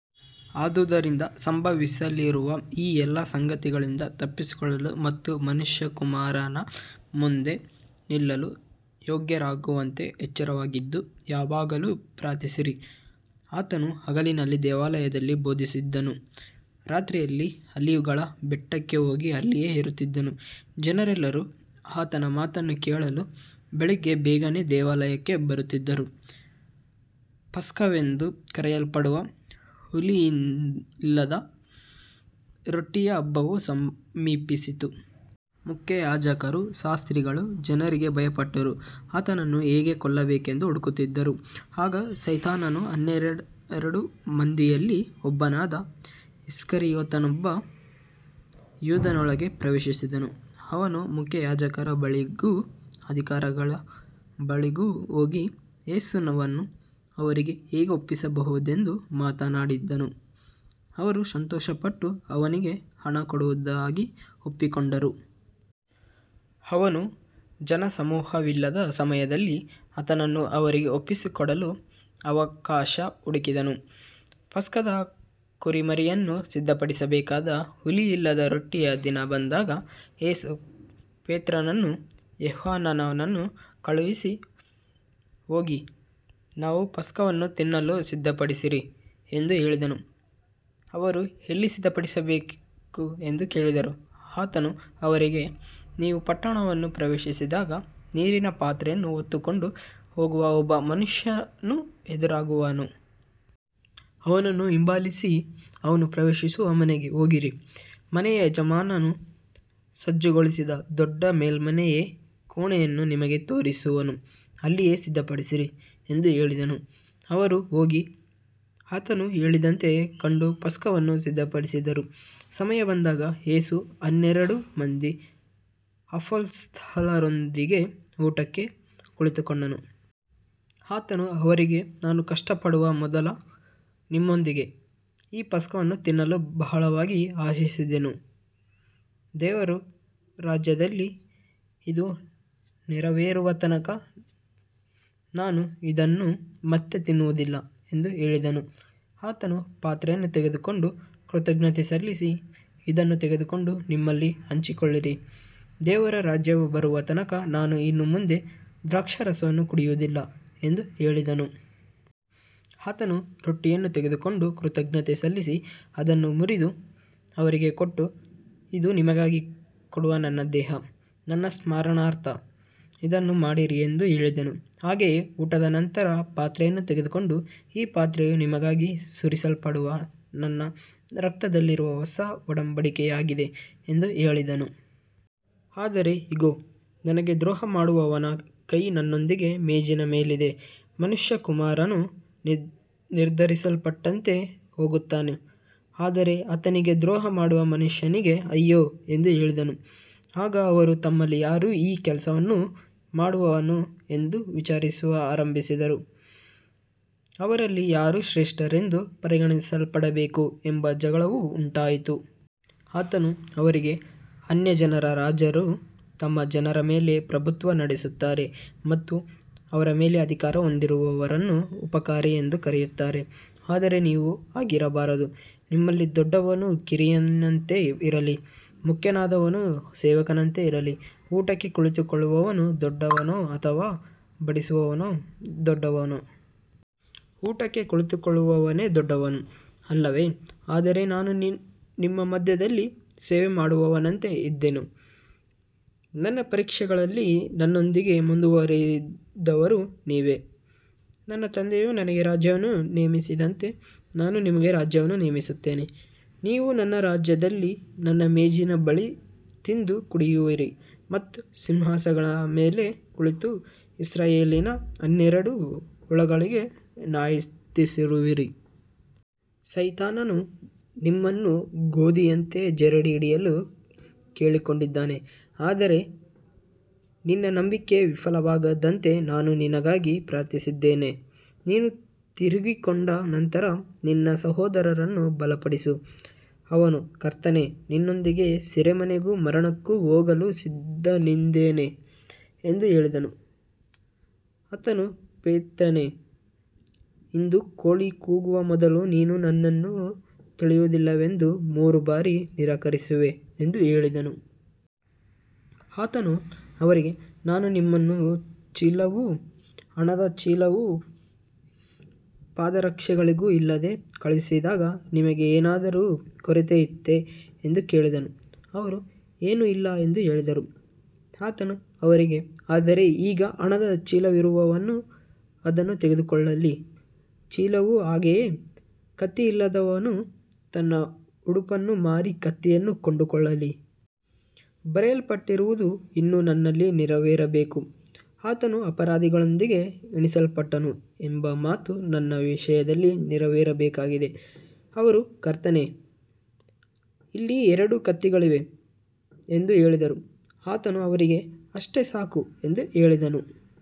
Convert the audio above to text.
ಆದುದರಿಂದ ಸಂಭವಿಸಲಿರುವ ಈ ಎಲ್ಲ ಸಂಗತಿಗಳಿಂದ ತಪ್ಪಿಸಿಕೊಳ್ಳಲು ಮತ್ತು ಮನುಷ್ಯಕುಮಾರನ ಮುಂದೆ ನಿಲ್ಲಲು ಯೋಗ್ಯರಾಗುವಂತೆ ಎಚ್ಚರವಾಗಿದ್ದು ಯಾವಾಗಲೂ ಪ್ರಾರ್ಥಿಸಿರಿ. ಆತನು ಹಗಲಿನಲ್ಲಿ ದೇವಾಲಯದಲ್ಲಿ ಬೋಧಿಸುತ್ತಿದ್ದನು, ರಾತ್ರಿಯಲ್ಲಿ ಆಲಿವ್‌ಗಳ ಬೆಟ್ಟಕ್ಕೆ ಹೋಗಿ ಅಲ್ಲಿಯೇ ಇರುತ್ತಿದ್ದನು. ಜನರೆಲ್ಲರೂ ಆತನ ಮಾತನ್ನು ಕೇಳಲು ಬೆಳಿಗ್ಗೆ ಬೇಗನೆ ದೇವಾಲಯಕ್ಕೆ ಬರುತ್ತಿದ್ದರು. ಪಸ್ಕವೆಂದು ಕರೆಯಲ್ಪಡುವ ಹುಳಿಯಿಲ್ಲದ ರೊಟ್ಟಿಯ ಹಬ್ಬವು ಸಮೀಪಿಸಿತು. ಮುಖ್ಯಯಾಜಕರೂ ಶಾಸ್ತ್ರಿಗಳೂ ಜನರಿಗೆ ಭಯಪಟ್ಟರೂ ಆತನನ್ನು ಹೇಗೆ ಕೊಲ್ಲಬೇಕೆಂದು ಹುಡುಕುತ್ತಿದ್ದರು. ಆಗ ಸೈತಾನನು ಹನ್ನೆರಡು ಮಂದಿಯಲ್ಲಿ ಒಬ್ಬನಾದ ಇಸ್ಕರಿಯೋತನೆಂಬ ಯೂದನೊಳಗೆ ಪ್ರವೇಶಿಸಿದನು. ಅವನು ಮುಖ್ಯಯಾಜಕರ ಬಳಿಗೂ ಅಧಿಕಾರಿಗಳ ಬಳಿಗೂ ಹೋಗಿ, ಯೇಸುವನ್ನು ಅವರಿಗೆ ಹೇಗೆ ಒಪ್ಪಿಸಿಕೊಡಬಹುದೆಂದು ಮಾತಾಡಿದನು. ಅವರು ಸಂತೋಷಪಟ್ಟು ಅವನಿಗೆ ಹಣ ಕೊಡುವುದಾಗಿ ಒಪ್ಪಿಕೊಂಡರು. ಅವನು ಜನಸಮೂಹವಿಲ್ಲದ ಸಮಯದಲ್ಲಿ ಆತನನ್ನು ಅವರಿಗೆ ಒಪ್ಪಿಸಿಕೊಡಲು ಅವಕಾಶ ಹುಡುಕಿದನು. ಪಸ್ಕದ ಕುರಿಮರಿಯನ್ನು ಸಿದ್ಧಪಡಿಸಬೇಕಾದ ಹುಳಿಯಿಲ್ಲದ ರೊಟ್ಟಿಯ ದಿನ ಬಂದಾಗ, ಯೇಸು ಪೇತ್ರನನ್ನೂ ಯೋಹಾನನನ್ನೂ ಕಳುಹಿಸಿ, ಹೋಗಿ ನಾವು ಪಸ್ಕವನ್ನು ತಿನ್ನಲು ಸಿದ್ಧಪಡಿಸಿರಿ ಎಂದು ಹೇಳಿದನು. ಅವರು, ಎಲ್ಲಿ ಸಿದ್ಧಪಡಿಸಬೇಕು ಎಂದು ಕೇಳಿದರು. ಆತನು ಅವರಿಗೆ, ನೀವು ಪಟ್ಟಣವನ್ನು ಪ್ರವೇಶಿಸಿದಾಗ ನೀರಿನ ಪಾತ್ರೆಯನ್ನು ಹೊತ್ತುಕೊಂಡು ಹೋಗುವ ಒಬ್ಬ ಮನುಷ್ಯನು ಎದುರಾಗುವನು. ಅವನನ್ನು ಹಿಂಬಾಲಿಸಿ ಅವನು ಪ್ರವೇಶಿಸುವ ಮನೆಗೆ ಹೋಗಿರಿ. ಮನೆಯ ಯಜಮಾನನು ಸಜ್ಜುಗೊಳಿಸಿದ ದೊಡ್ಡ ಮೇಲ್ಮನೆಯ ಕೋಣೆಯನ್ನು ನಿಮಗೆ ತೋರಿಸುವನು. ಅಲ್ಲಿಯೇ ಸಿದ್ಧಪಡಿಸಿರಿ ಎಂದು ಹೇಳಿದನು. ಅವರು ಹೋಗಿ ಆತನು ಹೇಳಿದಂತೆಯೇ ಕಂಡು ಪಸ್ಕವನ್ನು ಸಿದ್ಧಪಡಿಸಿದರು. ಸಮಯ ಬಂದಾಗ ಯೇಸು ಹನ್ನೆರಡು ಮಂದಿ ಅಪೊಸ್ತಲರೊಂದಿಗೆ ಊಟಕ್ಕೆ ಕುಳಿತುಕೊಂಡನು. ಆತನು ಅವರಿಗೆ, ನಾನು ಕಷ್ಟಪಡುವ ಮೊದಲು ನಿಮ್ಮೊಂದಿಗೆ ಈ ಪಸ್ಕವನ್ನು ತಿನ್ನಲು ಬಹಳವಾಗಿ ಆಶಿಸಿದ್ದೆನು. ದೇವರ ರಾಜ್ಯದಲ್ಲಿ ಇದು ನೆರವೇರುವ ತನಕ ನಾನು ಇದನ್ನು ಮತ್ತೆ ತಿನ್ನುವುದಿಲ್ಲ ಎಂದು ಹೇಳಿದನು. ಆತನು ಪಾತ್ರೆಯನ್ನು ತೆಗೆದುಕೊಂಡು ಕೃತಜ್ಞತೆ ಸಲ್ಲಿಸಿ, ಇದನ್ನು ತೆಗೆದುಕೊಂಡು ನಿಮ್ಮಲ್ಲಿ ಹಂಚಿಕೊಳ್ಳಿರಿ. ದೇವರ ರಾಜ್ಯವು ಬರುವ ತನಕ ನಾನು ಇನ್ನು ಮುಂದೆ ದ್ರಾಕ್ಷಾರಸವನ್ನು ಕುಡಿಯುವುದಿಲ್ಲ ಎಂದು ಹೇಳಿದನು. ಆತನು ರೊಟ್ಟಿಯನ್ನು ತೆಗೆದುಕೊಂಡು ಕೃತಜ್ಞತೆ ಸಲ್ಲಿಸಿ ಅದನ್ನು ಮುರಿದು ಅವರಿಗೆ ಕೊಟ್ಟು, ಇದು ನಿಮಗಾಗಿ ಕೊಡುವ ನನ್ನ ದೇಹ. ನನ್ನ ಸ್ಮರಣಾರ್ಥ ಇದನ್ನು ಮಾಡಿರಿ ಎಂದು ಹೇಳಿದನು. ಹಾಗೆಯೇ ಊಟದ ನಂತರ ಪಾತ್ರೆಯನ್ನು ತೆಗೆದುಕೊಂಡು, ಈ ಪಾತ್ರೆಯು ನಿಮಗಾಗಿ ಸುರಿಸಲ್ಪಡುವ ನನ್ನ ರಕ್ತದಲ್ಲಿರುವ ಹೊಸ ಒಡಂಬಡಿಕೆಯಾಗಿದೆ ಎಂದು ಹೇಳಿದನು. ಆದರೆ ಇಗೋ, ನನಗೆ ದ್ರೋಹ ಮಾಡುವವನ ಕೈ ನನ್ನೊಂದಿಗೆ ಮೇಜಿನ ಮೇಲಿದೆ. ಮನುಷ್ಯಕುಮಾರನು ನಿರ್ಧರಿಸಲ್ಪಟ್ಟಂತೆ ಹೋಗುತ್ತಾನೆ, ಆದರೆ ಆತನಿಗೆ ದ್ರೋಹ ಮಾಡುವ ಮನುಷ್ಯನಿಗೆ ಅಯ್ಯೋ ಎಂದು ಹೇಳಿದನು. ಆಗ ಅವರು ತಮ್ಮಲ್ಲಿ ಯಾರು ಈ ಕೆಲಸವನ್ನು ಮಾಡುವನು ಎಂದು ವಿಚಾರಿಸಲು ಆರಂಭಿಸಿದರು. ಅವರಲ್ಲಿ ಯಾರು ಶ್ರೇಷ್ಠರೆಂದು ಪರಿಗಣಿಸಲ್ಪಡಬೇಕು ಎಂಬ ಜಗಳವೂ ಉಂಟಾಯಿತು. ಆತನು ಅವರಿಗೆ, ಅನ್ಯಜನರ ರಾಜರು ತಮ್ಮ ಜನರ ಮೇಲೆ ಪ್ರಭುತ್ವ ನಡೆಸುತ್ತಾರೆ ಮತ್ತು ಅವರ ಮೇಲೆ ಅಧಿಕಾರ ಹೊಂದಿರುವವರನ್ನು ಉಪಕಾರಿಗಳು ಎಂದು ಕರೆಯುತ್ತಾರೆ. ಆದರೆ ನೀವು ಹಾಗಿರಬಾರದು. ನಿಮ್ಮಲ್ಲಿ ದೊಡ್ಡವನು ಕಿರಿಯನಂತೆ ಇರಲಿ, ಮುಖ್ಯನಾದವನು ಸೇವಕನಂತೆ ಇರಲಿ. ಊಟಕ್ಕೆ ಕುಳಿತುಕೊಳ್ಳುವವನು ದೊಡ್ಡವನೋ ಅಥವಾ ಬಡಿಸುವವನು ದೊಡ್ಡವನೋ. ಊಟಕ್ಕೆ ಕುಳಿತುಕೊಳ್ಳುವವನೇ ದೊಡ್ಡವನು, ಅಲ್ಲವೇ. ಆದರೆ ನಾನು ನಿಮ್ಮ ಮಧ್ಯದಲ್ಲಿ ಸೇವೆ ಮಾಡುವವನಂತೆ ಇದ್ದೇನೆ. ನನ್ನ ಪರೀಕ್ಷೆಗಳಲ್ಲಿ ನನ್ನೊಂದಿಗೆ ಮುಂದುವರಿದವರು ನೀವೇ. ನನ್ನ ತಂದೆಯು ನನಗೆ ರಾಜ್ಯವನ್ನು ನೇಮಿಸಿದಂತೆ, ನಾನು ನಿಮಗೆ ರಾಜ್ಯವನ್ನು ನೇಮಿಸುತ್ತೇನೆ. ನೀವು ನನ್ನ ರಾಜ್ಯದಲ್ಲಿ ನನ್ನ ಮೇಜಿನ ಬಳಿ ತಿಂದು ಕುಡಿಯುವಿರಿ ಮತ್ತು ಸಿಂಹಾಸನಗಳ ಮೇಲೆ ಕುಳಿತು ಇಸ್ರಾಯೇಲಿನ ಹನ್ನೆರಡು ಕುಲಗಳಿಗೆ ನ್ಯಾಯತೀರಿಸುವಿರಿ. ಸೈತಾನನು ನಿಮ್ಮನ್ನು ಗೋಧಿಯಂತೆ ಜರಡಿ ಹಿಡಿಯಲು ಕೇಳಿಕೊಂಡಿದ್ದಾನೆ. ಆದರೆ ನಿನ್ನ ನಂಬಿಕೆ ವಿಫಲವಾಗದಂತೆ ನಾನು ನಿನಗಾಗಿ ಪ್ರಾರ್ಥಿಸಿದ್ದೇನೆ. ನೀನು ತಿರುಗಿಕೊಂಡ ನಂತರ ನಿನ್ನ ಸಹೋದರರನ್ನು ಬಲಪಡಿಸು. ಅವನು, ಕರ್ತನೇ, ನಿನ್ನೊಂದಿಗೆ ಸೆರೆಮನೆಗೂ ಮರಣಕ್ಕೂ ಹೋಗಲು ಸಿದ್ಧನಿದ್ದೇನೆ ಎಂದು ಹೇಳಿದನು. ಆತನು, ಪೇತ್ರನೇ, ಇಂದು ಕೋಳಿ ಕೂಗುವ ಮೊದಲು ನೀನು ನನ್ನನ್ನು ತಿಳಿಯುವುದಿಲ್ಲವೆಂದು ಮೂರು ಬಾರಿ ನಿರಾಕರಿಸುವೆ ಎಂದು ಹೇಳಿದನು. ಆತನು ಅವರಿಗೆ, ನಾನು ನಿಮ್ಮನ್ನು ಚೀಲವೂ ಹಣದ ಚೀಲವೂ ಪಾದರಕ್ಷೆಗಳೂ ಇಲ್ಲದೆ ಕಳುಹಿಸಿದಾಗ ನಿಮಗೆ ಏನಾದರೂ ಕೊರತೆಯಿತ್ತೇ ಎಂದು ಕೇಳಿದನು. ಅವರು, ಏನೂ ಇಲ್ಲ ಎಂದು ಹೇಳಿದರು. ಆತನು ಅವರಿಗೆ, ಆದರೆ ಈಗ ಹಣದ ಚೀಲವಿರುವವನು ಅದನ್ನು ತೆಗೆದುಕೊಳ್ಳಲಿ, ಚೀಲವೂ ಹಾಗೆಯೇ. ಕತ್ತಿಯಿಲ್ಲದವನು ತನ್ನ ಉಡುಪನ್ನು ಮಾರಿ ಕತ್ತಿಯನ್ನು ಕೊಂಡುಕೊಳ್ಳಲಿ. ಬರೆಯಲ್ಪಟ್ಟಿರುವುದು ಇನ್ನೂ ನನ್ನಲ್ಲಿ ನೆರವೇರಬೇಕು. ಆತನು ಅಪರಾಧಿಗಳೊಂದಿಗೆ ಎಣಿಸಲ್ಪಟ್ಟನು ಎಂಬ ಮಾತು ನನ್ನ ವಿಷಯದಲ್ಲಿ ನೆರವೇರಬೇಕಾಗಿದೆ. ಅವರು, ಕರ್ತನೇ, ಇಲ್ಲಿ ಎರಡು ಕತ್ತಿಗಳಿವೆ ಎಂದು ಹೇಳಿದರು. ಆತನು ಅವರಿಗೆ, ಅಷ್ಟೇ ಸಾಕು ಎಂದು ಹೇಳಿದನು.